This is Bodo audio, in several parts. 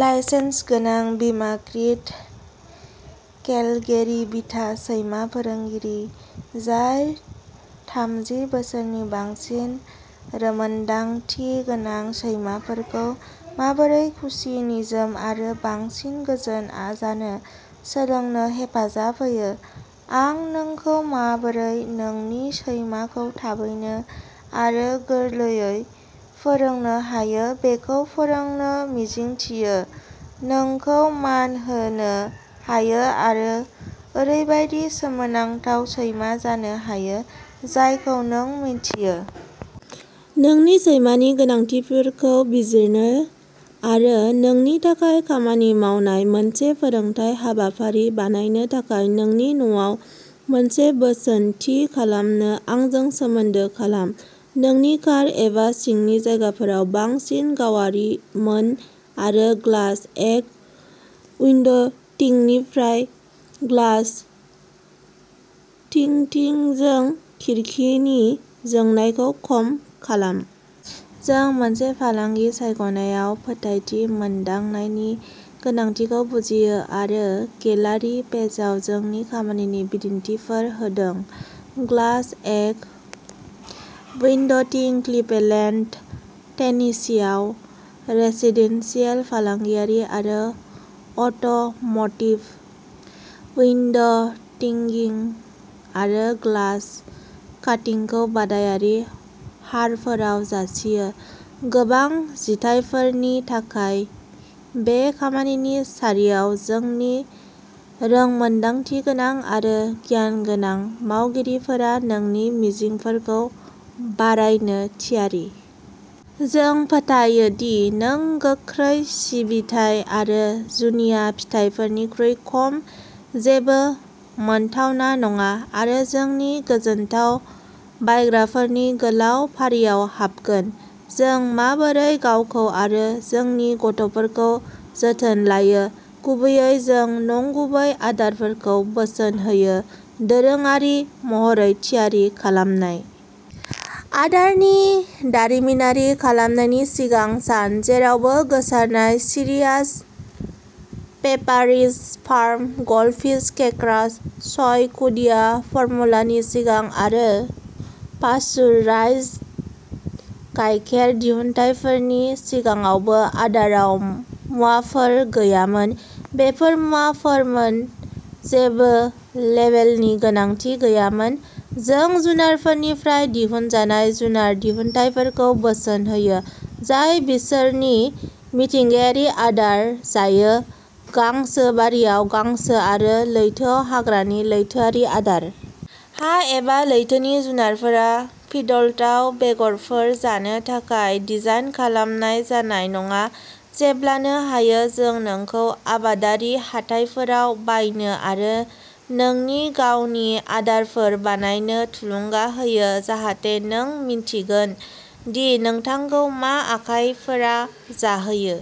लाइसेन्स गोनां बीमाकृत केलगेरी बिथा सैमा फोरोंगिरि जाय थामजि बोसोरनि बांसिन रोंमोन्दांथि गोनां, सैमाफोरखौ माबोरै खुसि, निजोम आरो बांसिन गोजोन आ जानो सोलोंनो हेफाजाब होयो। आं नोंखौ माबोरै नोंनि सैमाखौ थाबैनो आरो गोरलैयै फोरोंनो हायो बेखौ फोरोंनो मिजिंथियो, नोंखौ मान होनो हायो आरो ओरैबायदि सोमोनांथाव सैमा जानो हायो जायखौ नों मिन्थियो। नोंनि सैमानि गोनांथिफोरखौ बिजिरनो आरो नोंनि थाखाय खामानि मावनाय मोनसे फोरोंथाय हाबाफारि बानायनो थाखाय नोंनि न'आव मोनसे बोसोन थि खालामनो आंजों सोमोन्दो खालाम। नोंनि कार एबा सिंनि जायगाफोराव बांसिन गावारि मोन आरो ग्लास एक्ट उइन्ड'टिंनिफ्राय ग्लास टिंटिंजों खिरखिनि जोंनायखौ खम खालाम। जों मोनसे फालांगि सायख'नायाव फोथायथि मोनदांनायनि गोनांथिखौ बुजियो आरो गेलारि पेजआव जोंनि खामानिनि बिदिन्थिफोर होदों। ग्लास एक उइन्ड'टिं क्लिभलेन्ड, टेनेसीआव, रेसिदेन्सियेल, फालांगियारि आरो अट'म'डिभ उइन्ड'टिंगिं आरो ग्लास काटिंकखौ बादायारि हारफोराव जासियो। गोबां जिथायफोरनि थाखाय बे खामानिनि सारियाव, जोंनि रोंमोन्दांथिगोनां आरो गियानगोनां मावगिरिफोरा नोंनि मिजिंफोरखौ बारायनो थियारि। जों फोथायो दि नों गोख्रै सिबिथाइ आरो जुनिया फिथायफोरनिख्रुइ खम जेबो मोनथावना नङा। आरो जोंनि गोजोनथाव बायग्राफोरनि गोलाव फारियाव हाबगोन। जों माबोरै गावखौ आरो जोंनि गथ'फोरखौ जोथोन लायो? गुबैयै, जों नंगुबै आदारखौ बोसोन होयो, दोरोङारि महरै थियारि खालामनाय। आदारनि दारिमिनारि खालामनायनि सिगां सान। जेरावबो गोसारनाय Cheerios, Pepperidge Farm Goldfish crackers, सय खुदिया फर्मुलानि सिगां आरो पास्चुराइज्ड गायखेर दिहुनथायफोरनि सिगाङावबो। आदाराव मुवाफोर गैयामोन, बेफोर मुवाफोरमोन। जेबो लेबेलनि गोनांथि गैयामोन। जों जुनारफोरनिफ्राय दिहुनजानाय जुनार दिहुनथायफोरखौ बोसोन होयो, जाय बिसोरनि मिथिंगायारि आदार जायो, गांसोबारिआव गांसो आरो लैथोआव हाग्रानि लैथोआरि आदार। हा एबा लैथोनि जुनारफोरा फिडलटआव बेगरफोर जानो थाखाय डिजाइन खालामनाय जानाय नङा। जेब्लानो हायो, जों नोंखौ आबादारि हाथाइफोराव बायनो आरो नोंनि गावनि आदारफोर बानायनो थुलुंगा होयो, जाहाथे नों मिन्थिगोन दि नोंथांखौ मा आखायफोरा जाहैयो।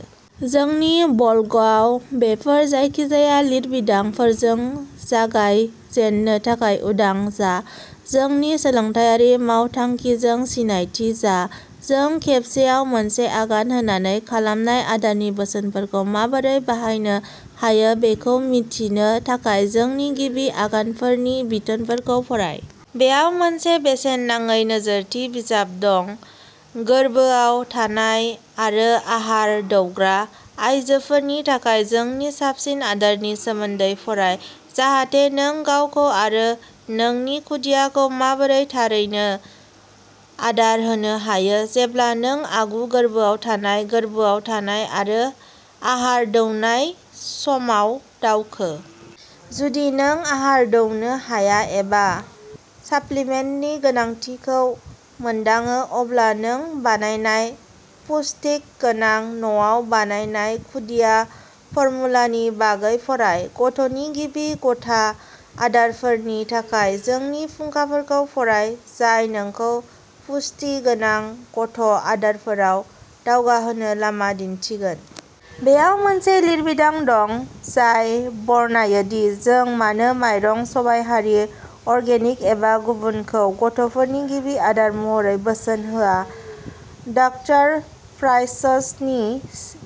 जोंनि ब्ल'गआव बेफोर जायखिजाया लिरबिदांफोरजों जागाय जेननो थाखाय उदां जा। जोंनि सोलोंथायारि मावथांखिजों सिनायथि जा। जों खेबसेआव मोनसे आगान होनानै खालामनाय आदारनि बोसोनफोरखौ माबोरै बाहायनो हायो बेखौ मिथिनो थाखाय जोंनि गिबि आगानफोरनि बिथोनखौ फराय। बेयाव मोनसे बेसेन नाङै नोजोरथि बिजाब दं। गोरबोआव थानाय आरो आहार दौग्रा आयजोफोरनि थाखाय जोंनि साबसिन आदारनि सोमोन्दै फराय, जाहाथे नों गावखौ आरो नोंनि खुदियाखौ माबोरै थारैनो आदार होनो हायो, जेब्ला नों आगु गोर्बोआव थानाय, गोर्बोआव थानाय आरो आहार दौनाय समाव दावखो। जुदि नों आहार दौनो हाया एबा साप्लिमेन्टनि गोनांथिखौ मोनदाङो, अब्ला नों बानायनाय पुष्टि गोनां न'आव बानायनाय खुदिया फर्मुलानि बागै फराय। गथ'नि गिबि गथा आदारफोरनि थाखाय जोंनि फुंखाफोरखौ फराय, जाय नोंखौ पुष्टि गोनां गथ' आदारफोराव दावगाहोनो लामा दिन्थिगोन। बेयाव मोनसे लिरबिदां दं, जाय बरनायो दि जों मानो माइरं सबायहारि, अर्गेनिक एबा गुबुनखौ, गथ'फोरनि गिबि आदार महरै बोसोन होआ। डाक्टार प्राइसोसनि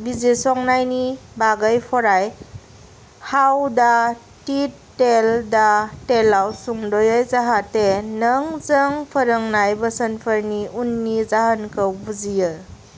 बिजिरसंनायनि बागै फराय, हाउ दा टीथ टेल दा टेलआव सुंद'यै, जाहाथे नों जों फोरोंनाय बोसोनफोरनि उननि जाहोनखौ बुजियो।